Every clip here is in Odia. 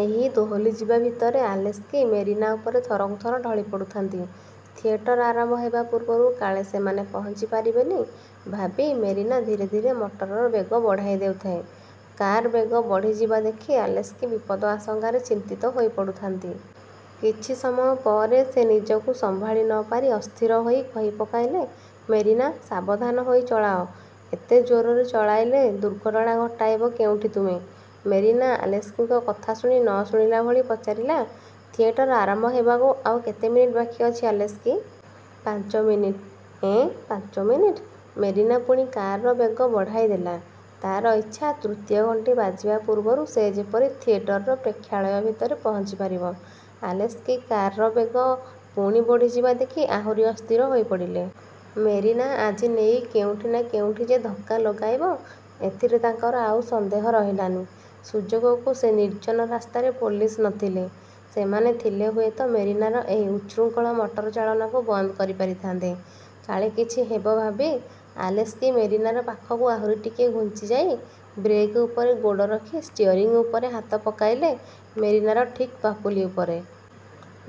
ଏହି ଦୋହଲିଯିବା ଭିତରେ ଆଲେସ୍କି ମେରିନା ଉପରେ ଥରକୁ ଥର ଢଳି ପଡ଼ୁଥାନ୍ତି। ଥିଏଟର ଆରମ୍ଭ ହେବା ପୂର୍ବରୁ କାଳେ ସେମାନେ ପହଞ୍ଚି ପାରିବେନି ଭାବି ମେରିନା ଧୀରେ ଧିରେ ମଟରର ବେଗ ବଢ଼ାଇ ଦେଉଥାଏ। କାର୍ ବେଗ ବଢ଼ିଯିବା ଦେଖି ଆଲେସ୍କି ବିପଦ ଆଶଙ୍କାରେ ଚିନ୍ତିତ ହୋଇପଡ଼ୁଥାନ୍ତି। କିଛି ସମୟ ପରେ ସେ ନିଜକୁ ସମ୍ଭାଳି ନପାରି ଅସ୍ଥିର ହୋଇ କହିପକାଇଲେ–''ମେରିନା, ସାବଧାନ ହୋଇ ଚଳାଅ। ଏତେ ଜୋରରେ ଚଳାଇଲେ ଦୁର୍ଘଟଣା ଘଟାଇବ କେଉଁଠି ତୁମେ। '' ମେରିନା ଆଲେସ୍କିଙ୍କ କଥା ଶୁଣି ନଶୁଣିଲାଭଳି ପଚାରିଲା, ''ଥିଏଟର ଆରମ୍ଭ ହେବାକୁ ଆଉ କେତେ ମିନିଟ୍ ବାକି ଅଛି ଆଲେସ୍କି? '' ''ପାଞ୍ଚମିନିଟ୍। '' ''ଏଁ, ପାଞ୍ଚମିନଟ୍? '' ମେରିନା ପୁଣି କାରର ବେଗ ବଢ଼ାଇଦେଲା। ତା'ର ଇଚ୍ଛା ତୃତୀୟ ଘଣ୍ଟି ବାଜିବା ପୂର୍ବରୁ ସେ ଯେପରି ଥିଏଟରର ପ୍ରେକ୍ଷାଳୟ ଭିତରେ ପହଞ୍ଚି ପାରିବ। ଆଲେସ୍କି କାର୍ର ବେଗ ପୁଣି ବଢ଼ିଯିବା ଦେଖି ଆହୁରି ଅସ୍ଥିର ହୋଇ ପଡ଼ିଲେ। ମେରିନା ଆଜି ନେଇ କେଉଁଠି ନା କେଉଁଠି ଯେ ଧକ୍କା ଲଗାଇବ, ଏଥିରେ ତାଙ୍କର ଆଉ ସନ୍ଦେହ ରହିଲାନି। ସୁଯୋଗକୁ ସେ ନିର୍ଜ୍ଜନ ରାସ୍ତାରେ ପୋଲିସ ନ ଥିଲେ। ସେମାନେ ଥିଲେ ହୁଏତ ମେରିନାର ଏହି ଉଚ୍ଛୃଙ୍ଖଳ ମଟରଚାଳନାକୁ ବନ୍ଦ କରିପାରିଥାନ୍ତେ। '' କାଳେ କିଛି ହେବ ଭାବି ଆଲେସ୍କି ମେରିନାର ପାଖକୁ ଆହୁରି ଟିକେ ଘୁଞ୍ଚିଯାଇ ବ୍ରେକ୍ ଉପରେ ଗୋଡ଼ ରଖି ଷ୍ଟିଅରିଂ ଉପରେ ହାତ ପକାଇଲେ ମେରିନାର ଠିକ୍ ପାପୁଲି ଉପରେ।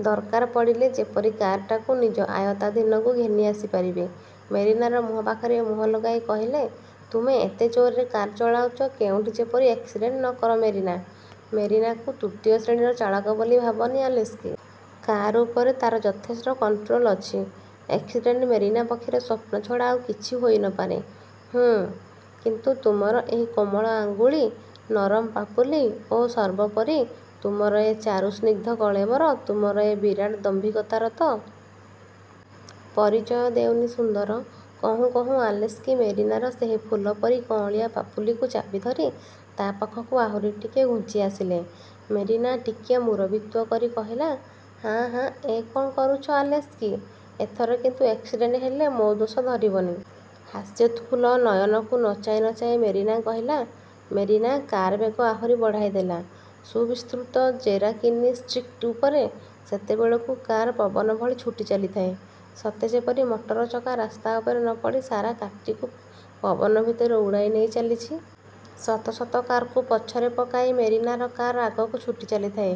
ଦରକାର ପଡ଼ିଲେ ଯେପରି କାର୍ଟାକୁ ନିଜ ଆୟତ୍ତାଧୀନକୁ ଘେନି ଆସି ପାରିବେ। ମେରିନାର ମୁହଁ ପାଖରେ ମୁହଁ ଲଗାଇ କହିଲେ, ''ତୁମେ ଏତେ ଜୋର୍ରେ କାର୍ ଚଳାଉଚ, କେଉଁଠି ଯେପରି ଏକ୍ସିଡ଼େଣ୍ଟ ନ କର ମେରିନା! '' ''ମେରିନାକୁ ତୃତୀୟ ଶ୍ରେଣୀର ଚାଳକ ବୋଲି ଭାବନି ଆଲେସ୍କି! କାର ଉପରେ ତାର ଯଥେଷ୍ଟ କଣ୍ଟ୍ରୋଲ ଅଛି। ଏକ୍ସିଡେଣ୍ଟ ମେରିନା ପକ୍ଷରେ ସ୍ୱପ୍ନ ଛଡ଼ା ଆଉ କିଛି ହୋଇ ନ ପାରେ-। '' ''ହୁଁ? କିନ୍ତୁ, ତୁମର ଏହି କୋମଳ ଆଙ୍ଗୁଳି, ନରମ ପାପୁଲି ଓ ସର୍ବୋପରି ତୁମର ଏ ଚାରୁ ସ୍ନିଗ୍ଧ କଳେବର, ତୁମର ଏ ବିରାଟ ଦାମ୍ଭିକତାର ତ। ପରିଚୟ ଦେଉନି ସୁନ୍ଦର? '' କହୁଁ କହୁଁ ଆଲେସ୍କି ମେରିନାର ସେହି ଫୁଲପରି କଅଁଳିଆ ପାପୁଲିକୁ ଚାପିଧରି ତା ପାଖକୁ ଆହୁରି ଟିକିଏ ଘୁଞ୍ଚି ଆସିଲେ। ମେରିନା ଟିକିଏ ମୁରବିତ୍ୱ କରି କହିଲା, ''ହାଁ, ହାଁ, ଏ କ'ଣ କରୁଚ ଆଲେସ୍କି! ଏଥର କିନ୍ତୁ ଏକ୍ସିଡ଼େଣ୍ଟ ହେଲେ ମୋ ଦୋଷ ଧରିବନି। '' ହାସ୍ୟତ୍ଫୁଲ୍ଲ ନୟନକୁ ନଚାଇ ନଚାଇ ମେରିନା କହିଲା। ମେରିନା କାର୍ ବେଗ ଆହୁରି ବଢ଼ାଇଦେଲା। ସୁବିସ୍ତୃତ ଜେରାକିନୀ ଷ୍ଟ୍ରିକଟ୍ଉପରେ ସେତେବେଳକୁ କାର୍ ପବନଭଳି ଛୁଟି ଚାଲିଥାଏ, ସତେ ଯେପରି ମଟର ଚକା ରାସ୍ତା ଉପରେ ନ ପଡ଼ି ସାରା କାର୍ଟିକୁ ପବନ ଭିତରେ ଉଡ଼ାଇ ନେଇ ଚାଲିଛି। ଶତଶତ କାର୍କୁ ପଛରେ ପକାଇ ମେରିନାର କାର୍ ଆଗକୁ ଛୁଟି ଚାଲିଥାଏ।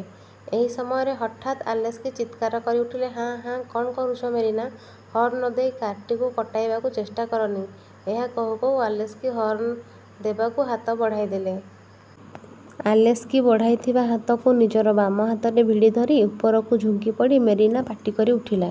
ଏହି ସମୟରେ ହଠାତ୍ ଆଲେସ୍କି ଚିତ୍କାର କରି ଉଠିଲେ, ''ହାଁ, ହାଁ, କ'ଣ କରୁଛ ମେରିନା! ହର୍ଣ୍ଣ ନ ଦେଇ କାର୍ଟିକୁ କଟାଇବାକୁ ଚେଷ୍ଟା କରନି। '' ଏହା କହୁ କହୁ ଆଲେସ୍କି ହର୍ଣ୍ଣ ଦେବାକୁ ହାତ ବଢ଼ାଇଦେଲେ। ଆଲେସ୍କି ବଢ଼ାଇଥିବା ହାତକୁ ନିଜର ବାମ ହାତରେ ଭିଡ଼ି ଧରି ଉପରକୁ ଝୁଙ୍କିପଡ଼ି ମେରିନା ପାଟିକରି ଉଠିଲା-